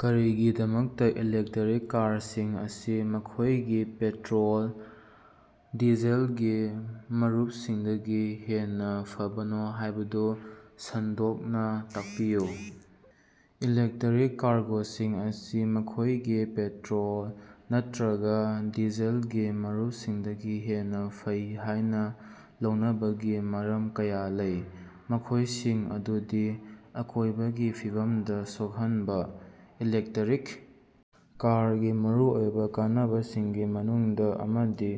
ꯀꯔꯤꯒꯤꯗꯃꯛꯇꯥ ꯏꯂꯦꯛꯇꯔꯤꯛ ꯀꯥꯔꯁꯤꯡ ꯑꯁꯤ ꯃꯈꯣꯏꯒꯤ ꯄꯦꯠꯇ꯭ꯔꯣꯜ/ꯗꯤꯖꯜꯒꯤ ꯃꯔꯨꯞꯁꯤꯡꯗꯒꯤ ꯍꯦꯟꯅꯥ ꯐꯕꯅꯣ ꯍꯥꯏꯕꯗꯨ ꯁꯟꯗꯣꯛꯅꯥ ꯇꯥꯛꯄꯤꯌꯨ꯫ ꯏꯂꯦꯛꯇꯔꯤꯛ ꯀꯥꯔꯒꯣꯁꯤꯡ ꯑꯁꯤ ꯃꯈꯣꯏꯒꯤ ꯄꯦꯠꯇ꯭ꯔꯣꯜ ꯅꯠꯇ꯭ꯔꯒꯥ ꯗꯤꯖꯜꯒꯤ ꯃꯔꯨꯞꯁꯤꯡꯗꯒꯤ ꯍꯦꯟꯅꯥ ꯐꯩ ꯍꯥꯏꯅꯥ ꯂꯧꯅꯕꯒꯤ ꯃꯔꯝ ꯀꯌꯥ ꯂꯩ, ꯃꯈꯣꯏꯁꯤꯡ ꯑꯗꯨꯗꯤ: ꯑꯀꯣꯏꯕꯒꯤ ꯐꯤꯕꯝꯗꯥ ꯁꯣꯛꯍꯟꯕꯥ: ꯏꯂꯦꯛꯇꯔꯤꯛ ꯀꯥꯔꯒꯤ ꯃꯔꯨꯑꯣꯏꯕꯥ ꯀꯥꯟꯅꯕꯁꯤꯡꯒꯤ ꯃꯅꯨꯡꯗꯥ ꯑꯃꯗꯤ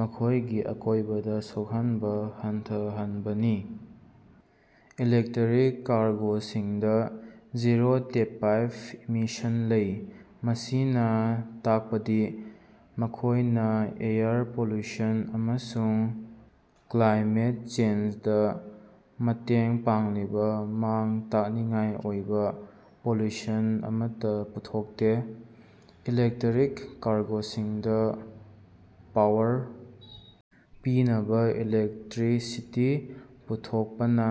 ꯃꯈꯣꯏꯒꯤ ꯑꯀꯣꯏꯕꯗꯥ ꯁꯣꯛꯍꯟꯕꯥ ꯍꯟꯊꯍꯟꯕꯅꯤ꯫ ꯏꯂꯦꯛꯇꯔꯤꯛ ꯀꯥꯔꯒꯣꯁꯤꯡꯗꯥ ꯖꯤꯔꯣ ꯇꯦꯞꯄꯥꯏꯞ ꯏꯃꯤꯁꯟ ꯂꯩ, ꯃꯁꯤꯅꯥ ꯇꯥꯛꯄꯗꯤ ꯃꯈꯣꯏꯅꯥ ꯑꯦꯌꯔ ꯄꯣꯂꯨꯁꯟ ꯑꯃꯁꯨꯡ ꯀ꯭ꯂꯥꯏꯃꯦꯠ ꯆꯦꯟꯖꯗꯥ ꯃꯇꯦꯡ ꯄꯥꯡꯂꯤꯕꯥ ꯃꯥꯡ-ꯇꯥꯛꯅꯤꯡꯉꯥꯏ ꯑꯣꯏꯕꯥ ꯄꯣꯂꯨꯁꯟ ꯑꯃꯠꯇꯥ ꯄꯨꯊꯣꯛꯇꯦ꯫ ꯏꯂꯦꯛꯇꯔꯤꯛ ꯀꯥꯔꯒꯣꯁꯤꯡꯗꯥ ꯄꯥꯋꯔ ꯄꯤꯅꯕꯥ ꯏꯂꯦꯛꯇ꯭ꯔꯤꯁꯤꯇꯤ ꯄꯨꯊꯣꯛꯄꯅꯥ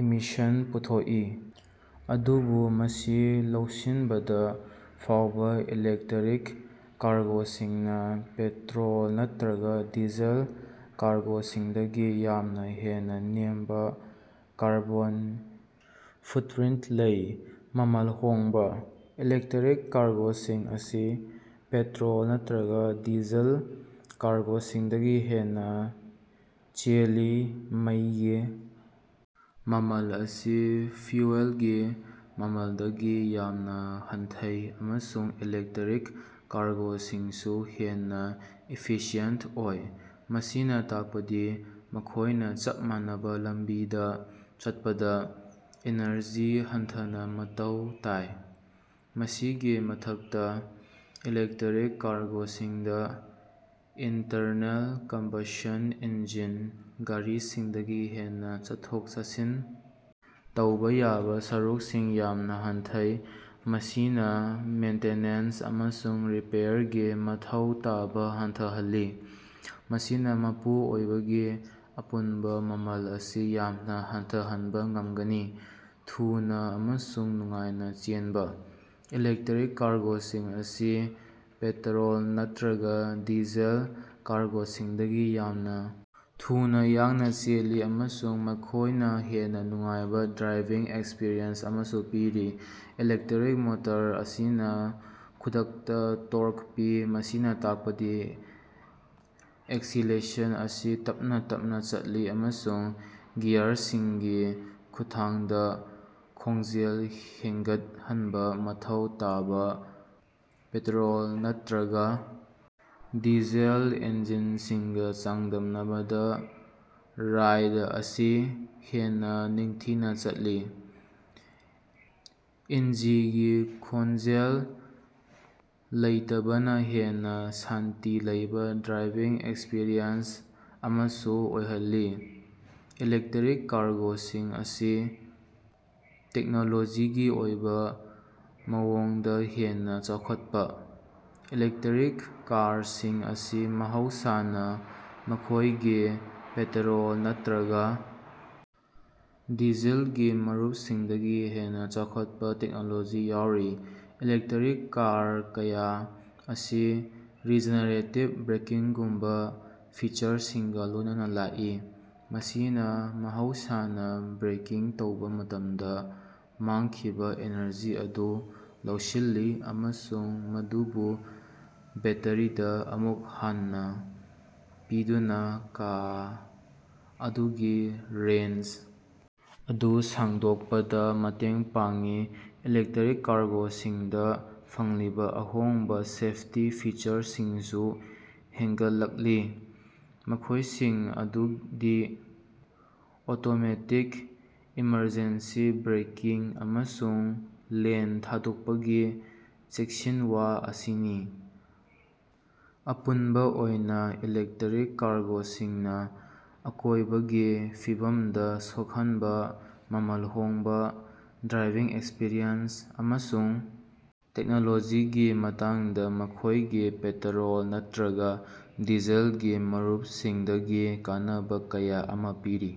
ꯏꯃꯤꯁꯟ ꯄꯨꯊꯣꯛꯏ, ꯑꯗꯨꯕꯨ ꯃꯁꯤ ꯂꯧꯁꯤꯟꯕꯗꯥ ꯐꯥꯎꯕꯥ ꯏꯂꯦꯛꯇꯔꯤꯛ ꯀꯥꯔꯒꯣꯁꯤꯡꯅꯥ ꯄꯦꯇ꯭ꯔꯣꯜ ꯅꯠꯇ꯭ꯔꯒꯥ ꯗꯤꯖꯦꯜ ꯀꯥꯔꯒꯣꯁꯤꯡꯗꯒꯤ ꯌꯥꯝꯅꯥ ꯍꯦꯟꯅꯥ ꯅꯦꯝꯕꯥ ꯀꯥꯔꯕꯣꯟ ꯐꯨꯠꯄ꯭ꯔꯤꯟꯇ ꯂꯩ꯫ ꯃꯃꯜ ꯍꯣꯡꯕꯥ: ꯏꯂꯦꯛꯇꯔꯤꯛ ꯀꯥꯔꯒꯣꯁꯤꯡ ꯑꯁꯤ ꯄꯦꯇ꯭ꯔꯣꯜ ꯅꯠꯇ꯭ꯔꯒꯥ ꯗꯤꯖꯦꯜ ꯀꯥꯔꯒꯣꯁꯤꯡꯗꯒꯤ ꯍꯦꯟꯅꯥ ꯆꯦꯜꯂꯤ꯫ ꯃꯩꯒꯤ ꯃꯃꯜ ꯑꯁꯤ ꯐ꯭ꯌꯨꯑꯦꯜꯒꯤ ꯃꯃꯜꯗꯒꯤ ꯌꯥꯝꯅꯥ ꯍꯟꯊꯩ, ꯑꯃꯁꯨꯡ ꯏꯂꯦꯛꯇꯔꯤꯛ ꯀꯥꯔꯒꯣꯁꯤꯡꯁꯨ ꯍꯦꯟꯅꯥ ꯏꯐꯤꯁꯤꯑꯦꯟꯇ ꯑꯣꯏ, ꯃꯁꯤꯅꯥ ꯇꯥꯛꯄꯗꯤ ꯃꯈꯣꯏꯅꯥ ꯆꯞ ꯃꯥꯟꯅꯕꯥ ꯂꯝꯕꯤꯗꯥ ꯆꯠꯄꯗꯥ ꯏꯅꯔꯖꯤ ꯍꯟꯊꯅꯥ ꯃꯊꯧ ꯇꯥꯏ꯫ ꯃꯁꯤꯒꯤ ꯃꯊꯛꯇꯥ, ꯏꯂꯦꯛꯇꯔꯤꯛ ꯀꯥꯔꯒꯣꯁꯤꯡꯗꯥ ꯏꯟꯇꯔꯅꯦꯜ ꯀꯝꯕꯁꯟ ꯏꯟꯖꯤꯟ ꯒꯥꯔꯤꯁꯤꯡꯗꯒꯤ ꯍꯦꯟꯅꯥ ꯆꯠꯊꯣꯛ-ꯆꯠꯁꯤꯟ ꯇꯧꯕꯥ ꯌꯥꯕꯥ ꯁꯔꯨꯛꯁꯤꯡ ꯌꯥꯝꯅꯥ ꯍꯟꯊꯩ, ꯃꯁꯤꯅꯥ ꯃꯦꯟꯇꯦꯅꯦꯟꯁ ꯑꯃꯁꯨꯡ ꯔꯤꯄꯦꯌꯔꯒꯤ ꯃꯊꯧ ꯇꯥꯕꯥ ꯍꯟꯊꯍꯜꯂꯤ, ꯃꯁꯤꯅꯥ ꯃꯄꯨ ꯑꯣꯏꯕꯒꯤ ꯑꯄꯨꯟꯕꯥ ꯃꯃꯜ ꯑꯁꯤ ꯌꯥꯝꯅꯥ ꯍꯟꯊꯍꯟꯕꯥ ꯉꯝꯒꯅꯤ꯫ ꯊꯨꯅꯥ ꯑꯃꯁꯨꯡ ꯅꯨꯡꯉꯥꯏꯅꯥ ꯆꯦꯟꯕꯥ: ꯏꯂꯦꯛꯇꯔꯤꯛ ꯀꯥꯔꯒꯣꯁꯤꯡ ꯑꯁꯤ ꯄꯦꯇꯔꯣꯜ ꯅꯠꯇ꯭ꯔꯒꯥ ꯗꯤꯖꯦꯜ ꯀꯥꯔꯒꯣꯁꯤꯡꯗꯒꯤ ꯌꯥꯝꯅꯥ ꯊꯨꯅꯥ ꯌꯥꯡꯅꯥ ꯆꯦꯜꯂꯤ, ꯑꯃꯁꯨꯡ ꯃꯈꯣꯏꯅꯥ ꯍꯦꯟꯅꯥ ꯅꯨꯡꯉꯥꯏꯕꯥ ꯗ꯭ꯔꯥꯏꯚꯤꯡ ꯑꯦꯛꯁꯄꯤꯔꯤꯑꯦꯟꯁ ꯑꯃꯁꯨ ꯄꯤꯔꯤ꯫ ꯏꯂꯦꯛꯇꯔꯤꯛ ꯃꯣꯇꯣꯔ ꯑꯁꯤꯅꯥ ꯈꯨꯗꯛꯇꯥ ꯇꯣꯔꯛ ꯄꯤ, ꯃꯁꯤꯅꯥ ꯇꯥꯛꯄꯗꯤ ꯑꯦꯛꯁꯤꯂꯦꯁꯟ ꯑꯁꯤ ꯇꯞꯅꯥ ꯇꯞꯅꯥ ꯆꯠꯂꯤ ꯑꯃꯁꯨꯡ ꯒꯤꯌꯔꯁꯤꯡꯒꯤ ꯈꯨꯠꯊꯥꯡꯗꯥ ꯈꯣꯡꯖꯦꯜ ꯍꯦꯟꯒꯠꯍꯟꯕꯥ ꯃꯊꯧ ꯇꯥꯕꯥ ꯄꯦꯇ꯭ꯔꯣꯜ ꯅꯠꯇ꯭ꯔꯒꯥ ꯗꯤꯖꯦꯜ ꯏꯟꯖꯤꯟꯁꯤꯡꯒꯥ ꯆꯥꯡꯗꯝꯅꯕꯗꯥ ꯔꯥꯏꯗ ꯑꯁꯤ ꯍꯦꯟꯅꯥ ꯅꯤꯡꯊꯤꯅꯥ ꯆꯠꯂꯤ꯫ ꯏꯟꯖꯤꯒꯤ ꯈꯣꯟꯖꯦꯜ ꯂꯩꯇꯕꯅꯥ ꯍꯦꯟꯅꯥ ꯁꯥꯟꯇꯤ ꯂꯩꯕꯥ ꯗ꯭ꯔꯥꯏꯚꯤꯡ ꯑꯦꯛꯁꯄꯤꯔꯤꯑꯦꯟꯁ ꯑꯃꯁꯨ ꯑꯣꯏꯍꯜꯂꯤ꯫ ꯏꯂꯦꯛꯇꯔꯤꯛ ꯀꯥꯔꯒꯣꯁꯤꯡ ꯑꯁꯤ ꯇꯦꯛꯅꯣꯂꯣꯖꯤꯒꯤ ꯑꯣꯏꯕꯥ ꯃꯑꯣꯡꯗꯥ ꯍꯦꯟꯅꯥ ꯆꯥꯎꯈꯠꯄꯥ: ꯏꯂꯦꯛꯇꯔꯤꯛ ꯀꯥꯔꯁꯤꯡ ꯑꯁꯤ ꯃꯍꯧꯁꯥꯅꯥ ꯃꯈꯣꯏꯒꯤ ꯄꯦꯇꯔꯣꯜ ꯅꯠꯇ꯭ꯔꯒꯥ ꯗꯤꯖꯜꯒꯤ ꯃꯔꯨꯞꯁꯤꯡꯗꯒꯤ ꯍꯦꯟꯅꯥ ꯆꯥꯎꯈꯠꯄꯥ ꯇꯦꯛꯅꯣꯂꯣꯖꯤ ꯌꯥꯎꯔꯤ꯫ ꯏꯂꯦꯛꯇꯔꯤꯛ ꯀꯥꯔ ꯀꯌꯥ ꯑꯁꯤ ꯔꯤꯖꯦꯅꯦꯔꯦꯇꯤꯕ ꯕ꯭ꯔꯦꯀꯤꯡꯒꯨꯝꯕꯥ ꯐꯤꯆꯔꯁꯤꯡꯒꯥ ꯂꯣꯏꯅꯅꯥ ꯂꯥꯛꯏ, ꯃꯁꯤꯅꯥ ꯃꯍꯧꯁꯥꯅꯥ ꯕ꯭ꯔꯦꯀꯤꯡ ꯇꯧꯕꯥ ꯃꯇꯝꯗꯥ ꯃꯥꯡꯈꯤꯕꯥ ꯏꯅꯔꯖꯤ ꯑꯗꯨ ꯂꯧꯁꯤꯜꯂꯤ ꯑꯃꯁꯨꯡ ꯃꯗꯨꯕꯨ ꯕꯦꯠꯇꯔꯤꯗꯥ ꯑꯃꯨꯛ ꯍꯟꯅꯥ ꯄꯤꯗꯨꯅꯥ ꯀꯥ ꯑꯗꯨꯒꯤ ꯔꯦꯟꯖ ꯑꯗꯨ ꯁꯥꯡꯗꯣꯛꯄꯗꯥ ꯃꯇꯦꯡ ꯄꯥꯡꯏ꯫ ꯏꯂꯦꯛꯇꯔꯤꯛ ꯀꯥꯔꯒꯣꯁꯤꯡꯗꯥ ꯐꯪꯂꯤꯕꯥ ꯑꯍꯣꯡꯕꯥ ꯁꯦꯐꯇꯤ ꯐꯤꯆꯔꯁꯤꯡꯁꯨ ꯍꯦꯟꯒꯠꯂꯛꯂꯤ, ꯃꯈꯣꯏꯁꯤꯡ ꯑꯗꯨꯗꯤ ꯑꯣꯇꯣꯃꯦꯇꯤꯛ ꯏꯃꯔꯖꯦꯟꯁꯤ ꯕ꯭ꯔꯦꯀꯤꯡ ꯑꯃꯁꯨꯡ ꯂꯦꯟ ꯊꯥꯗꯣꯛꯄꯒꯤ ꯆꯦꯛꯁꯤꯟꯋꯥ ꯑꯁꯤꯅꯤ꯫ ꯑꯄꯨꯟꯕꯥ ꯑꯣꯏꯅꯥ, ꯏꯂꯦꯛꯇꯔꯤꯛ ꯀꯥꯔꯒꯣꯁꯤꯡꯅꯥ ꯑꯀꯣꯏꯕꯒꯤ ꯐꯤꯕꯝꯗꯥ ꯁꯣꯛꯍꯟꯕꯥ, ꯃꯃꯜ ꯍꯣꯡꯕꯥ, ꯗ꯭ꯔꯥꯏꯚꯤꯡ ꯑꯦꯛꯁꯄꯤꯔꯤꯑꯦꯟꯁ, ꯑꯃꯁꯨꯡ ꯇꯦꯛꯅꯣꯂꯣꯖꯤꯒꯤ ꯃꯇꯥꯡꯗꯥ ꯃꯈꯣꯏꯒꯤ ꯄꯦꯇꯔꯣꯜ ꯅꯠꯇ꯭ꯔꯒꯥ ꯗꯤꯖꯜꯒꯤ ꯃꯔꯨꯄꯁꯤꯡꯗꯒꯤ ꯀꯥꯟꯅꯕꯥ ꯀꯌꯥ ꯑꯃꯥ ꯄꯤꯔꯤ꯫